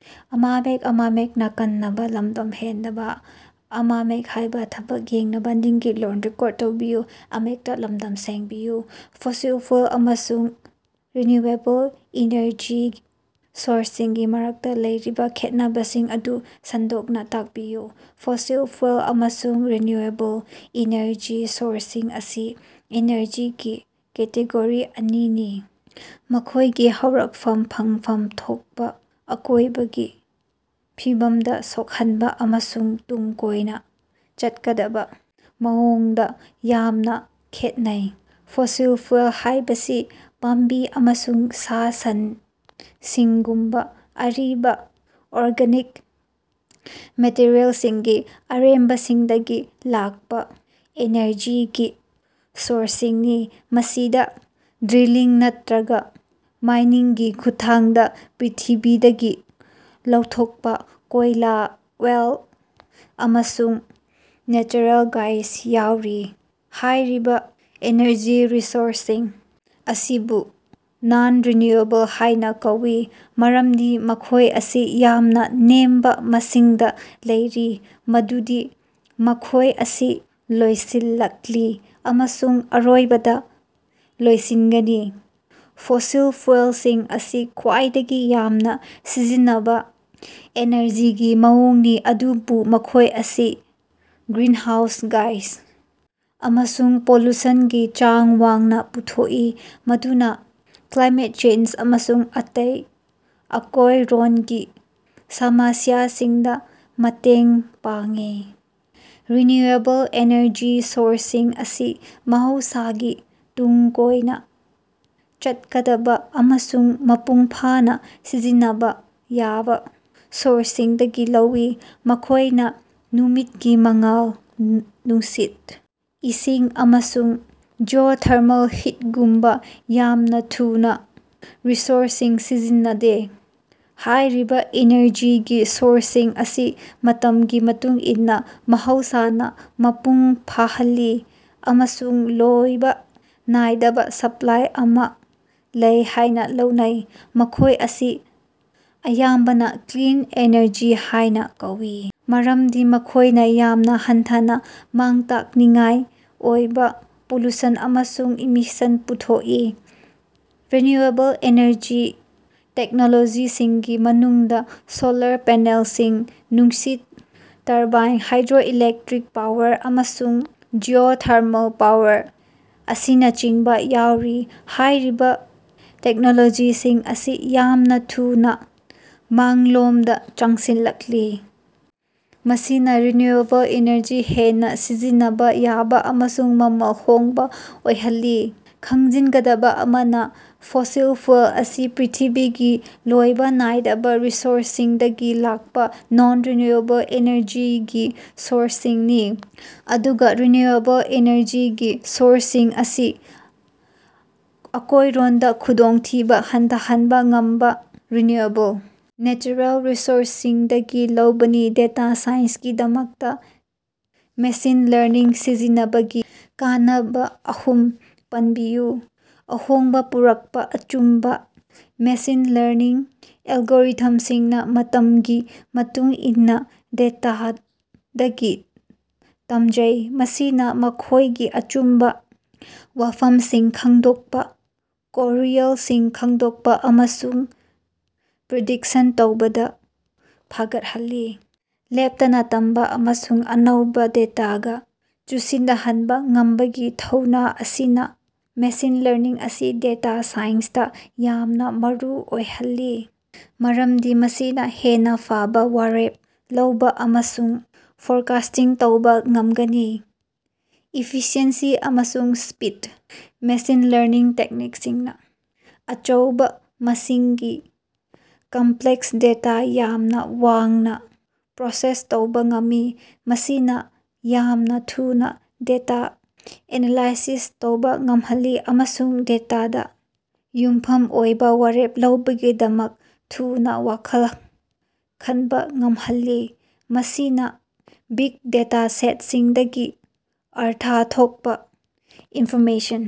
Fossil fuel ꯑꯃꯁꯨꯡ renewable energy ꯁꯣꯔꯁꯁꯤꯡꯒꯤ ꯃꯔꯛꯇꯥ ꯂꯩꯔꯤꯕ ꯈꯦꯠꯅꯕꯁꯤꯡ ꯑꯗꯨ ꯁꯟꯗꯣꯛꯅ ꯇꯥꯛꯄꯤꯌꯨ꯫ ꯐꯣꯁꯤꯜ ꯐ꯭ꯌꯨꯑꯦꯜ ꯑꯃꯁꯨꯡ ꯔꯤꯟꯌꯨꯑꯦꯕꯜ ꯏꯅꯔꯖꯤ ꯁꯣꯔꯁꯁꯤꯡ ꯑꯁꯤ ꯏꯅꯔꯖꯤꯒꯤ ꯀꯦꯇꯦꯒꯣꯔꯤ ꯑꯅꯤꯅꯤ, ꯃꯈꯣꯏꯒꯤ ꯍꯧꯔꯛꯐꯝ, ꯐꯪꯐꯝ ꯊꯣꯛꯄꯥ, ꯑꯀꯣꯏꯕꯒꯤ ꯐꯤꯕꯝꯗ ꯁꯣꯛꯍꯟꯕ ꯑꯃꯁꯨꯡ ꯇꯨꯡ ꯀꯣꯏꯅ ꯆꯠꯀꯗꯕ ꯃꯑꯣꯡꯗ ꯌꯥꯝꯅ ꯈꯦꯠꯅꯩ꯫ ꯐꯣꯁꯤꯜ ꯐ꯭ꯌꯨꯑꯦꯜ ꯍꯥꯏꯕꯁꯤ ꯄꯥꯝꯕꯤ ꯑꯃꯁꯨꯡ ꯁꯥ ꯁꯟꯁꯤꯡꯒꯨꯝꯕ ꯑꯔꯤꯕ ꯑꯣꯔꯒꯥꯅꯤꯛ ꯃꯦꯇꯔꯤꯑꯦꯜꯁꯤꯡꯒꯤ ꯑꯔꯦꯝꯕꯁꯤꯡꯗꯒꯤ ꯂꯥꯛꯄꯥ ꯏꯅꯔꯖꯤꯒꯤ ꯁꯣꯔꯁꯁꯤꯡꯅꯤ꯫ ꯃꯁꯤꯗꯥ ꯗ꯭ꯔꯤꯂꯤꯡ ꯅꯠꯇꯔꯒ ꯃꯥꯏꯅꯤꯡꯒꯤ ꯈꯨꯠꯊꯥꯡꯗ ꯄ꯭ꯔꯤꯊꯤꯕꯤꯗꯒꯤ ꯂꯧꯊꯣꯛꯄꯥ ꯀꯣꯏꯂꯥ, ꯑꯣꯏꯜ, ꯑꯃꯁꯨꯡ ꯅꯦꯆꯔꯦꯜ ꯒ꯭ꯌꯥꯁ ꯌꯥꯎꯔꯤ꯫ ꯍꯥꯏꯔꯤꯕꯥ ꯏꯅꯔꯖꯤ ꯔꯤꯁꯣꯔꯁꯁꯤꯡ ꯑꯁꯤꯕꯨ ꯅꯟ-ꯔꯤꯟꯌꯨꯑꯦꯕꯜ ꯍꯥꯏꯅ ꯀꯧꯏ, ꯃꯔꯝꯗꯤ ꯃꯈꯣꯏ ꯑꯁꯤ ꯌꯥꯝꯅ ꯅꯦꯝꯕꯥ ꯃꯁꯤꯡꯗ ꯂꯩꯔꯤ ꯃꯗꯨꯗꯤ ꯃꯈꯣꯏ ꯑꯁꯤ ꯂꯣꯏꯁꯤꯜꯂꯛꯂꯤ, ꯑꯃꯁꯨꯡ ꯑꯔꯣꯏꯕꯗ ꯂꯣꯏꯁꯤꯟꯒꯅꯤ꯫ ꯐꯣꯁꯤꯜ ꯐ꯭ꯌꯨꯑꯦꯜꯁꯤꯡ ꯑꯁꯤ ꯈ꯭ꯋꯥꯏꯗꯒꯤ ꯌꯥꯝꯅ ꯁꯤꯖꯤꯟꯅꯕ ꯑꯦꯅꯔꯖꯤꯒꯤ ꯃꯑꯣꯡꯅꯤ, ꯑꯗꯨꯕꯨ ꯃꯈꯣꯏ ꯑꯁꯤ ꯃꯩ ꯆꯥꯛꯄꯅ ꯒ꯭ꯔꯤꯟꯍꯥꯎꯁ ꯒ꯭ꯌꯥꯁ ꯑꯃꯁꯨꯡ ꯄꯣꯂꯨꯁꯟꯒꯤ ꯆꯥꯡ ꯋꯥꯡꯅꯥ ꯄꯨꯊꯣꯛꯏ, ꯃꯗꯨꯅ ꯀ꯭ꯂꯥꯏꯃꯦꯠ ꯆꯦꯟꯖ ꯑꯃꯁꯨꯡ ꯑꯇꯩ ꯑꯀꯣꯏꯔꯣꯟꯒꯤ ꯁꯃꯁ꯭ꯌꯥꯁꯤꯡꯗ ꯃꯇꯦꯡ ꯄꯥꯡꯏ꯫ ꯔꯤꯟꯌꯨꯑꯦꯕꯜ ꯏꯅꯔꯖꯤ ꯁꯣꯔꯁꯁꯤꯡ ꯑꯁꯤ ꯃꯍꯧꯁꯥꯒꯤ, ꯇꯨꯡ ꯀꯣꯏꯅ ꯆꯠꯀꯗꯕ ꯑꯃꯁꯨꯡ ꯃꯄꯨꯡ ꯐꯥꯅ ꯁꯤꯖꯤꯟꯅꯕ ꯌꯥꯕ ꯁꯣꯔꯁꯁꯤꯡꯗꯒꯤ ꯂꯧꯏ, ꯃꯈꯣꯏꯅ ꯅꯨꯃꯤꯠꯀꯤ ꯃꯉꯥꯜ, ꯅꯨꯡꯁꯤꯠ, ꯏꯁꯤꯡ, ꯑꯃꯁꯨꯡ ꯖꯤꯑꯣꯊꯔꯃꯦꯜ ꯍꯤꯠꯒꯨꯝꯕ ꯌꯥꯝꯅ ꯊꯨꯅ ꯔꯤꯁꯣꯔꯁꯁꯤꯡ ꯁꯤꯖꯤꯟꯅꯗꯦ꯫ ꯍꯥꯏꯔꯤꯕꯥ ꯏꯅꯔꯖꯤꯒꯤ ꯁꯣꯔꯁꯁꯤꯡ ꯑꯁꯤ ꯃꯇꯝꯒꯤ ꯃꯇꯨꯡ ꯏꯟꯅ ꯃꯍꯧꯁꯥꯅꯥ ꯃꯄꯨꯡ ꯐꯥꯍꯜꯂꯤ ꯑꯃꯁꯨꯡ ꯂꯣꯏꯕ ꯅꯥꯏꯗꯕꯥ ꯁꯄꯂꯥꯏ ꯑꯃꯥ ꯂꯩ ꯍꯥꯏꯅ ꯂꯧꯅꯩ꯫ ꯃꯈꯣꯏ ꯑꯁꯤ ꯑꯌꯥꯝꯕꯅ ꯀ꯭ꯂꯤꯟ ꯑꯦꯅꯔꯖꯤ ꯍꯥꯏꯅ ꯀꯧꯏ ꯃꯔꯝꯗꯤ ꯃꯈꯣꯏꯅ ꯌꯥꯝꯅ ꯍꯟꯊꯅꯥ ꯃꯥꯡ ꯇꯥꯛꯅꯤꯡꯉꯥꯏ ꯑꯣꯏꯕꯥ ꯄꯣꯂꯨꯁꯟ ꯑꯃꯁꯨꯡ ꯏꯃꯤꯁꯟ ꯄꯨꯊꯣꯛꯏ꯫ ꯔꯤꯟꯌꯨꯑꯦꯕꯜ ꯏꯅꯔꯖꯤ ꯇꯦꯛꯅꯣꯂꯣꯖꯤꯁꯤꯡꯒꯤ ꯃꯅꯨꯡꯗ ꯁꯣꯂꯥꯔ ꯄꯦꯅꯦꯜꯁꯤꯡ, ꯅꯨꯡꯁꯤꯠ ꯇꯔꯕꯥꯏꯟ, ꯍꯥꯏꯗ꯭ꯔꯣꯏꯂꯦꯛꯇꯔꯤꯛ ꯄꯥꯋꯔ, ꯑꯃꯁꯨꯡ ꯖꯤꯑꯣꯊꯔꯃꯦꯜ ꯄꯥꯋꯔ ꯑꯁꯤꯅꯆꯤꯡꯕ ꯌꯥꯎꯔꯤ꯫ ꯍꯥꯏꯔꯤꯕ ꯇꯦꯛꯅꯣꯂꯣꯖꯤꯁꯤꯡ ꯑꯁꯤ ꯌꯥꯝꯅꯥ ꯊꯨꯅꯥ ꯃꯥꯡꯂꯣꯝꯗ ꯆꯪꯁꯤꯜꯂꯛꯂꯤ, ꯃꯁꯤꯅ ꯔꯤꯟꯌꯨꯑꯦꯕꯜ ꯏꯅꯔꯖꯤ ꯍꯦꯟꯅꯥ ꯁꯤꯖꯤꯟꯅꯕꯥ ꯌꯥꯕ ꯑꯃꯁꯨꯡ ꯃꯃꯜ ꯍꯣꯡꯕ ꯑꯣꯏꯍꯜꯂꯤ꯫ ꯈꯪꯖꯤꯟꯒꯗꯕꯥ ꯑꯃꯅꯥ, ꯐꯣꯁꯤꯜ ꯐ꯭ꯌꯨꯑꯦꯜ ꯑꯁꯤ ꯄ꯭ꯔꯤꯊꯤꯕꯤꯒꯤ ꯂꯣꯏꯕ ꯅꯥꯏꯗꯕ ꯔꯤꯁꯣꯔꯁꯁꯤꯡꯗꯒꯤ ꯂꯥꯛꯄ ꯅꯟ-ꯔꯤꯟꯌꯨꯑꯦꯕꯜ ꯏꯅꯔꯖꯤꯒꯤ ꯁꯣꯔꯁꯁꯤꯡꯅꯤ, ꯑꯗꯨꯒ ꯔꯤꯟꯌꯨꯑꯦꯕꯜ ꯏꯅꯔꯖꯤꯒꯤ ꯁꯣꯔꯁꯁꯤꯡ ꯑꯁꯤ ꯑꯀꯣꯏꯔꯣꯟꯗꯥ ꯈꯨꯗꯣꯡꯊꯤꯕꯥ ꯍꯟꯊꯍꯟꯕꯥ ꯉꯝꯕꯥ ꯔꯤꯟꯌꯨꯑꯦꯕꯜ ꯅꯦꯆꯔꯦꯜ ꯔꯤꯁꯣꯔꯁꯁꯤꯡꯗꯒꯤ ꯂꯧꯕꯅꯤ꯫ ꯗꯦꯇꯥ ꯁꯥꯏꯟꯁꯀꯤꯗꯃꯛꯇ ꯃꯦꯁꯤꯟ ꯂꯔꯅꯤꯡ ꯁꯤꯖꯤꯟꯅꯕꯒꯤ ꯀꯥꯟꯅꯕ ꯑꯍꯨꯝ ꯄꯟꯕꯤꯌꯨ꯫ ꯑꯍꯣꯡꯕ ꯄꯨꯔꯛꯄꯥ ꯑꯆꯨꯝꯕꯥ: ꯃꯦꯁꯤꯟ ꯂꯔꯅꯤꯡ ꯑꯦꯜꯒꯣꯔꯤꯊꯝꯁꯤꯡꯅ ꯃꯇꯝꯒꯤ ꯃꯇꯨꯡ ꯏꯟꯅꯥ ꯗꯦꯇꯥꯗꯒꯤ ꯇꯝꯖꯩ, ꯃꯁꯤꯅ ꯃꯈꯣꯏꯒꯤ ꯑꯆꯨꯝꯕ ꯋꯥꯐꯝꯁꯤꯡ ꯈꯪꯗꯣꯛꯄ, ꯀꯣꯔꯤꯑꯦꯜꯁꯤꯡ ꯈꯪꯗꯣꯛꯄ ꯑꯃꯁꯨꯡ ꯄ꯭ꯔꯤꯗꯤꯛꯁꯟ ꯇꯧꯕꯗ ꯐꯒꯠꯍꯜꯂꯤ꯫ ꯂꯦꯞꯇꯅ ꯇꯝꯕ ꯑꯃꯁꯨꯡ ꯑꯅꯧꯕꯥ ꯗꯦꯇꯥꯒ ꯆꯨꯁꯤꯟꯅꯍꯟꯕ ꯉꯝꯕꯒꯤ ꯊꯧꯅ ꯑꯁꯤꯅꯥ ꯃꯦꯁꯤꯟ ꯂꯔꯅꯤꯡ ꯑꯁꯤ ꯗꯦꯇꯥ ꯁꯥꯏꯟꯁꯇꯥ ꯌꯥꯝꯅꯥ ꯃꯔꯨ ꯑꯣꯏꯍꯜꯂꯤ, ꯃꯔꯝꯗꯤ ꯃꯁꯤꯅ ꯍꯦꯟꯅ ꯐꯕ ꯋꯥꯔꯦꯞ ꯂꯧꯕ ꯑꯃꯁꯨꯡ ꯐꯣꯔꯀꯥꯁ꯭ꯇꯤꯡ ꯇꯧꯕ ꯉꯝꯒꯅꯤ꯫ ꯏꯐꯤꯁꯤꯑꯦꯟꯁꯤ ꯑꯃꯁꯨꯡ ꯁ꯭ꯄꯤꯗ: ꯃꯦꯁꯤꯟ ꯂꯔꯅꯤꯡ ꯇꯦꯛꯅꯤꯛꯁꯤꯡꯅ ꯑꯆꯧꯕꯥ ꯃꯁꯤꯡꯒꯤ ꯀꯝꯄꯂꯦꯛꯁ ꯗꯦꯇꯥ ꯌꯥꯝꯅ ꯌꯥꯡꯅꯥ ꯄ꯭ꯔꯣꯁꯦꯁ ꯇꯧꯕ ꯉꯝꯃꯤ꯫ ꯃꯁꯤꯅ ꯌꯥꯝꯅ ꯊꯨꯅ ꯗꯦꯇꯥ ꯑꯦꯅꯥꯂꯥꯏꯁꯤꯁ ꯇꯧꯕ ꯉꯝꯍꯜꯂꯤ, ꯑꯃꯁꯨꯡ ꯗꯦꯇꯥꯗ ꯌꯨꯝꯐꯝ ꯑꯣꯏꯕ ꯋꯥꯔꯦꯞ ꯂꯧꯕꯒꯤꯗꯃꯛ ꯊꯨꯅ ꯋꯥꯈꯜ ꯈꯟꯕ ꯉꯝꯍꯜꯂꯤ꯫ ꯃꯁꯤꯅ ꯕꯤꯒ ꯗꯦꯇꯥ ꯁꯦꯠꯁꯤꯡꯗꯒꯤ ꯑꯔꯊ ꯊꯣꯛꯄꯥ ꯏꯟꯐꯣꯔꯃꯦꯁꯟ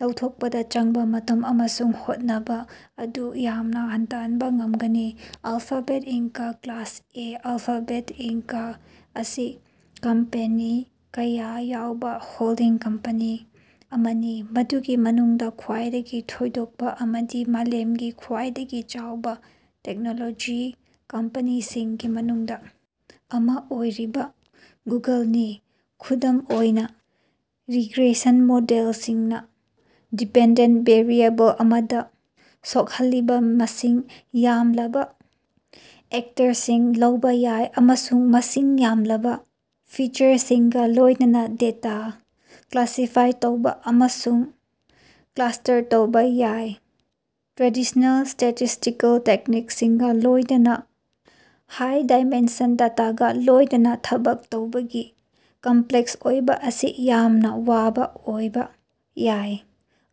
ꯂꯧꯊꯣꯛꯄꯗ ꯆꯪꯕ ꯃꯇꯝ ꯑꯃꯁꯨꯡ ꯍꯣꯠꯅꯕ ꯑꯗꯨ ꯌꯥꯝꯅ ꯍꯟꯊꯍꯟꯕ ꯉꯝꯒꯅꯤ꯫ Alphabet Inc class A Alphabet Inc ꯑꯁꯤ ꯀꯝꯄꯦꯅꯤ ꯀꯌꯥ ꯌꯥꯎꯕ ꯍꯣꯜꯗꯤꯡ ꯀꯝꯄꯦꯅꯤ ꯑꯃꯅꯤ, ꯃꯗꯨꯒꯤ ꯃꯅꯨꯡꯗ ꯈ꯭ꯋꯥꯏꯗꯒꯤ ꯊꯣꯏꯗꯣꯛꯄꯥ ꯑꯃꯗꯤ ꯃꯥꯂꯦꯝꯒꯤ ꯈ꯭ꯋꯥꯏꯗꯒꯤ ꯆꯥꯎꯕ ꯇꯦꯛꯅꯣꯂꯣꯖꯤ ꯀꯝꯄꯦꯅꯤꯁꯤꯡꯒꯤ ꯃꯅꯨꯡꯗ ꯑꯃꯥ ꯑꯣꯏꯔꯤꯕꯥ ꯒꯨꯒꯜꯅꯤ꯫ ꯈꯨꯗꯝ ꯑꯣꯏꯅꯥ, ꯔꯤꯒ꯭ꯔꯦꯁꯟ ꯃꯣꯗꯦꯜꯁꯤꯡꯅꯥ ꯗꯤꯄꯦꯟꯗꯦꯟꯇ ꯚꯦꯔꯤꯑꯦꯕꯜ ꯑꯃꯗ ꯁꯣꯛꯍꯜꯂꯤꯕ ꯃꯁꯤꯡ ꯌꯥꯝꯂꯕ ꯐꯦꯛꯇꯔꯁꯤꯡ ꯂꯧꯕꯥ ꯌꯥꯏ, ꯑꯃꯁꯨꯡ ꯃꯁꯤꯡ ꯌꯥꯝꯂꯕꯥ ꯐꯤꯆꯔꯁꯤꯡꯒ ꯂꯣꯏꯅꯅꯥ ꯗꯦꯇꯥ ꯀ꯭ꯂꯥꯁꯤꯐꯥꯏ ꯇꯧꯕ ꯑꯃꯁꯨꯡ ꯀ꯭ꯂꯁ꯭ꯇꯔ ꯇꯧꯕꯥ ꯌꯥꯏ꯫ ꯇ꯭ꯔꯦꯗꯤꯁ꯭ꯅꯦꯜ ꯁ꯭ꯇꯦꯇꯤꯁ꯭ꯇꯤꯀꯦꯜ ꯇꯦꯛꯅꯤꯛꯁꯤꯡꯒ ꯂꯣꯏꯅꯅ ꯍꯥꯏ-ꯗꯥꯏꯃꯦꯟꯁꯟ ꯗꯦꯇꯥꯒ ꯂꯣꯏꯅꯅꯥ ꯊꯕꯛ ꯇꯧꯕꯒꯤ ꯀꯝꯄꯂꯦꯛꯁ ꯑꯣꯏꯕ ꯑꯁꯤ ꯌꯥꯝꯅ ꯋꯥꯕꯥ ꯑꯣꯏꯕꯥ ꯌꯥꯏ,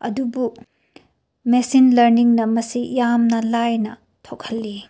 ꯑꯗꯨꯕꯨ ꯃꯦꯁꯤꯟ ꯂꯔꯅꯤꯡꯅꯥ ꯃꯁꯤ ꯌꯥꯝꯅ ꯂꯥꯏꯅꯥ ꯊꯣꯛꯍꯜꯂꯤ꯫।